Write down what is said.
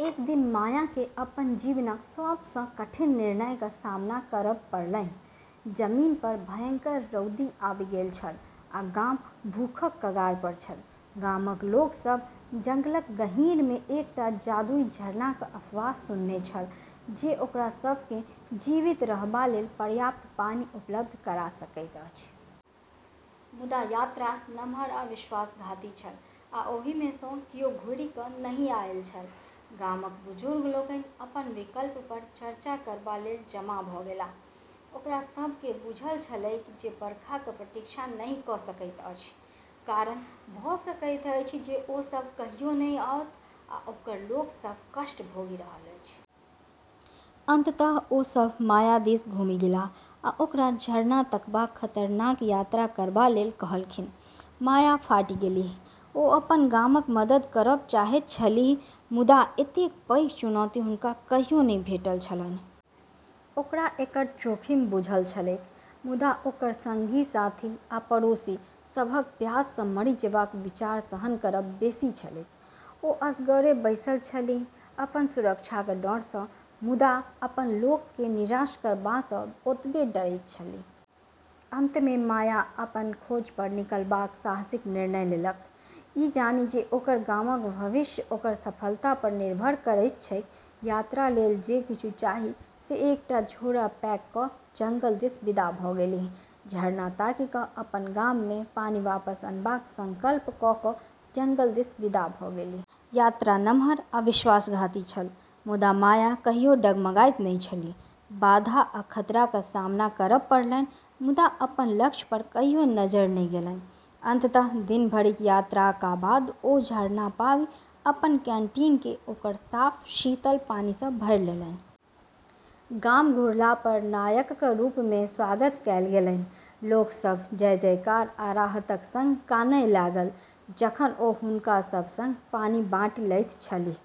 एक दिन मायाकेँ अपन जीवनक सबसँ कठिन निर्णयक सामना करब पड़लन्हि। जमीनपर भयंकर रौदी आबि गेल छल, आ गाम भूखक कगारपर छल। गामक लोक सभ जंगलक गहींरमे एकटा जादुई झरनाक अफवाह सुनने छल, जे ओकरा सभकेँ जीवित रहबालेल पर्याप्त पानि उपलब्ध करा सकैत अछि। मुदा यात्रा नमहर आ विश्वासघाती छल, आ ओहिमे सँ कियो घुरि कऽ नहि आएल छल। गामक बुजुर्ग लोकनि अपन विकल्पपर चर्चा करबालेल जमा भऽ गेलाह। ओकरा सभकेँ बुझल छलैक जे बरखाक प्रतीक्षा नहि कऽ सकैत अछि, कारण भऽ सकैत अछि जे ओ सभ कहियो नहि आओत, आ ओकर लोक सभ कष्ट भोगि रहल अछि। अंततः ओ सभ माया दिस घुमि गेलाह आ ओकरा झरना तकबाक खतरनाक यात्रा करबालेल कहलखिन। माया फाटि गेलीह। ओ अपन गामक मदद करब चाहैत छलीह, मुदा एतेक पैघ चुनौती हुनका कहियो नहि भेटल छलन्हि। ओकरा एकर जोखिम बुझल छलैक, मुदा ओकर संगी-साथी आ पड़ोसी सभक प्याससँ मरि जेबाक विचार सहन करब बेसी छलैक। ओ असगरे बैसल छलीह, अपन सुरक्षाक डरसँ, मुदा अपन लोककेँ निराश करबासँ ओतबे डरैत छलीह। अंतमे माया अपन खोजपर निकलबाक साहसिक निर्णय लेलक, ई जानि जे ओकर गामक भविष्य ओकर सफलतापर निर्भर करैत छैक यात्रालेल जे किछु चाही से एकटा झोरा पैक कऽ जंगल दिस विदा भऽ गेलीह, झरना ताकि कऽ अपन गाममे पानि वापस अनबाक संकल्प कऽ कऽ जंगल दिस विदा भऽ गेलीह। यात्रा नमहर आ विश्वासघाती छल, मुदा माया कहियो डगमगाइत नहि छलीह। बाधा आ खतराक सामना करब पड़लन्हि, मुदा अपन लक्ष्यपर कहियो नजरि नहि गेलन्हि। अंततः दिन भरि यात्राका बाद ओ झरना पाबि अपन कैंटीनकेँ ओकर साफ, शीतल पानिसँ भरि लेलन्हि। गाम घुरलापर नायकक रूपमे स्वागत कएल गेलन्हि। लोक सभ जय-जयकार आ राहतक संग कानए लागल जखन ओ हुनका सभ संग पानि बाँटि लैत छलीह।